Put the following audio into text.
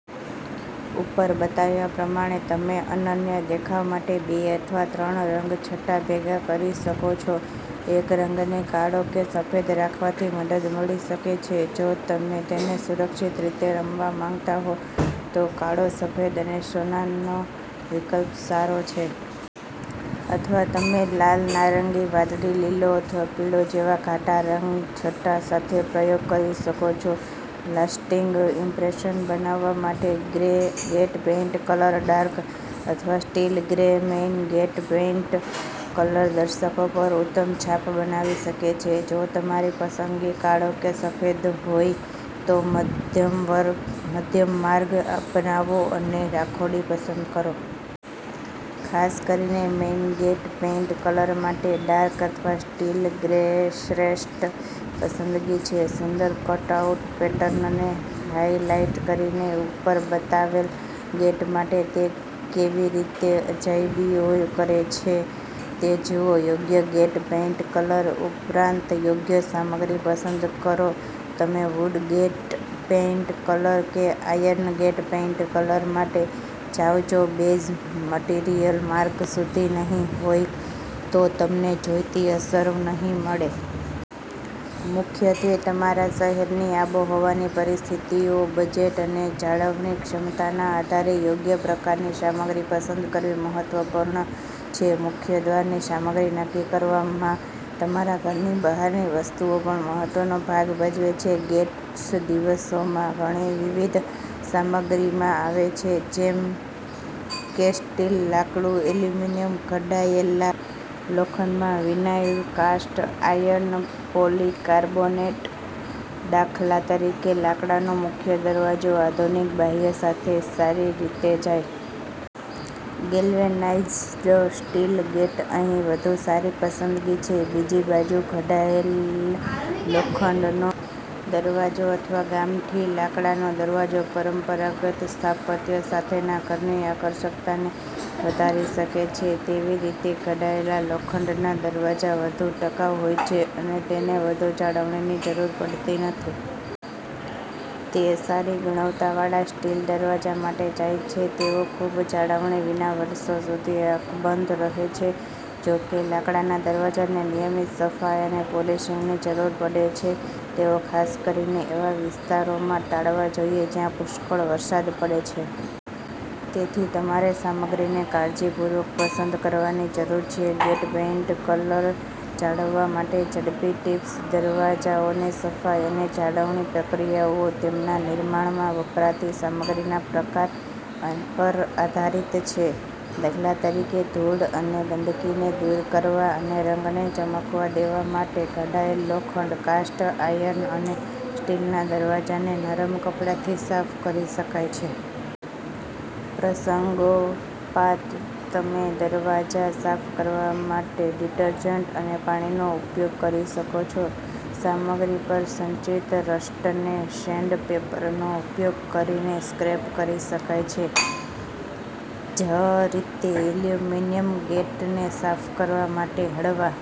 ઉપર બતાવ્યા પ્રમાણે, તમે અનન્ય દેખાવ માટે બે અથવા ત્રણ રંગછટા ભેગા કરી શકો છો. એક રંગને કાળો કે સફેદ રાખવાથી મદદ મળી શકે છે. જો તમે તેને સુરક્ષિત રીતે રમવા માંગતા હો, તો કાળો, સફેદ અને સોનાનો વિકલ્પ સારો છે. અથવા તમે લાલનારંગી, વાદળી, લીલો અથવા પીળો જેવા ઘાટા રંગછટા સાથે પ્રયોગ કરી શકો છો. લાસ્ટિંગ ઇમ્પ્રેશન બનાવવા માટે grey gate paint colour dark અથવા steel grey main gate paint colour દર્શકો પર ઉત્તમ છાપ બનાવી શકે છે જો તમારી પસંદગી કાળો કે સફેદહોય તો મધ્યમ માર્ગ અપનાવો અને રાખોડી પસંદ કરો. ખાસ કરીને મેઈન ગેટ પેઈન્ટ કલર માટે ડાર્ક અથવા સ્ટીલ ગ્રેશ્રેષ્ઠ પસંદગી છે. સુંદર કટ-આઉટ પેટર્નને હાઇલાઇટ કરીને, ઉપર બતાવેલ ગેટ માટે તે કેવી રીતે અજાયબીઓ કરે છે તે જુઓ. યોગ્ય ગેટ પેઇન્ટ કલર ઉપરાંતયોગ્ય સામગ્રી પસંદ કરો તમે વૂડ ગેટ પેઈન્ટ કલર કે આયર્ન ગેટ પેઈન્ટ કલર માટે જાવજો બેઝ મટીરીયલ માર્ક સુધી નહીં હોય, તો તમને જોઈતી અસર નહીં મળે. મુખ્યત્વે તમારા શહેરની આબોહવાની પરિસ્થિતિઓ, બજેટ અને જાળવણી ક્ષમતાના આધારે યોગ્ય પ્રકારની સામગ્રી પસંદ કરવી મહત્વપૂર્ણ છે. મુખ્ય દ્વારની સામગ્રી નક્કી કરવામાં તમારા ઘરની બહારની વસ્તુઓ પણ મહત્વનો ભાગ ભજવે છે. ગેટ્સદિવસોમાં ઘણી વિવિધ સામગ્રીમાં આવે છે જેમ કેસ્ટીલ લાકડું એલ્યુમિનિયમ ઘડાયેલા લોખંડમાં વિનાઇલ કાસ્ટ આયર્ન પોલીકાર્બોનેટ દાખલા તરીકે, લાકડાનો મુખ્ય દરવાજો આધુનિક બાહ્ય સાથે સારી રીતેજાય. ગેલ્વેનાઈઝ્ડ સ્ટીલ ગેટ અહીં વધુ સારી પસંદગી છે. બીજી બાજુ, ઘડાયેલ લોખંડનો દરવાજો અથવા ગામઠી લાકડાનો દરવાજો, પરંપરાગત સ્થાપત્ય સાથેના ઘરની આકર્ષકતાને વધારી શકે છે. તેવીરીતે, ઘડાયેલા લોખંડના દરવાજા વધુ ટકાઉ હોય છે અને તેને વધુ જાળવણીની જરૂર પડતી નથી. તેસારી ગુણવત્તાવાળા સ્ટીલ દરવાજા માટે જાય છે. તેઓ ખૂબ જાળવણી વિના વર્ષો સુધી અકબંધ રહે છે. જો કે, લાકડાના દરવાજાને નિયમિત સફાઈ અને પોલિશિંગની જરૂર પડે છે. તેઓ ખાસ કરીને એવા વિસ્તારોમાં ટાળવા જોઈએ જ્યાં પુષ્કળ વરસાદ પડે છે. તેથી, તમારે સામગ્રીને કાળજીપૂર્વક પસંદ કરવાની જરૂર છે. ગેટ પેઇન્ટ કલર જાળવવા માટે ઝડપી ટીપ્સ દરવાજાઓની સફાઈ અને જાળવણી પ્રક્રિયાઓ તેમના નિર્માણમાં વપરાતી સામગ્રીના પ્રકાર પર આધારિત છે. દાખલા તરીકે, ધૂળ અને ગંદકીને દૂર કરવા અને રંગને ચમકવા દેવા માટે ઘડાયેલ લોખંડ, કાસ્ટ આયર્ન અને સ્ટીલના દરવાજાને નરમ કપડાથી સાફ કરી શકાય છે. પ્રસંગોપાત, તમેદરવાજા સાફ કરવા માટે ડીટરજન્ટ અને પાણીનો ઉપયોગ કરી શકો છો. સામગ્રી પર સંચિત રસ્ટને સેન્ડપેપરનો ઉપયોગ કરીને સ્ક્રેપ કરી શકાય છે. જ રીતે, એલ્યુમિનિયમ ગેટને સાફ કરવા માટે હળવા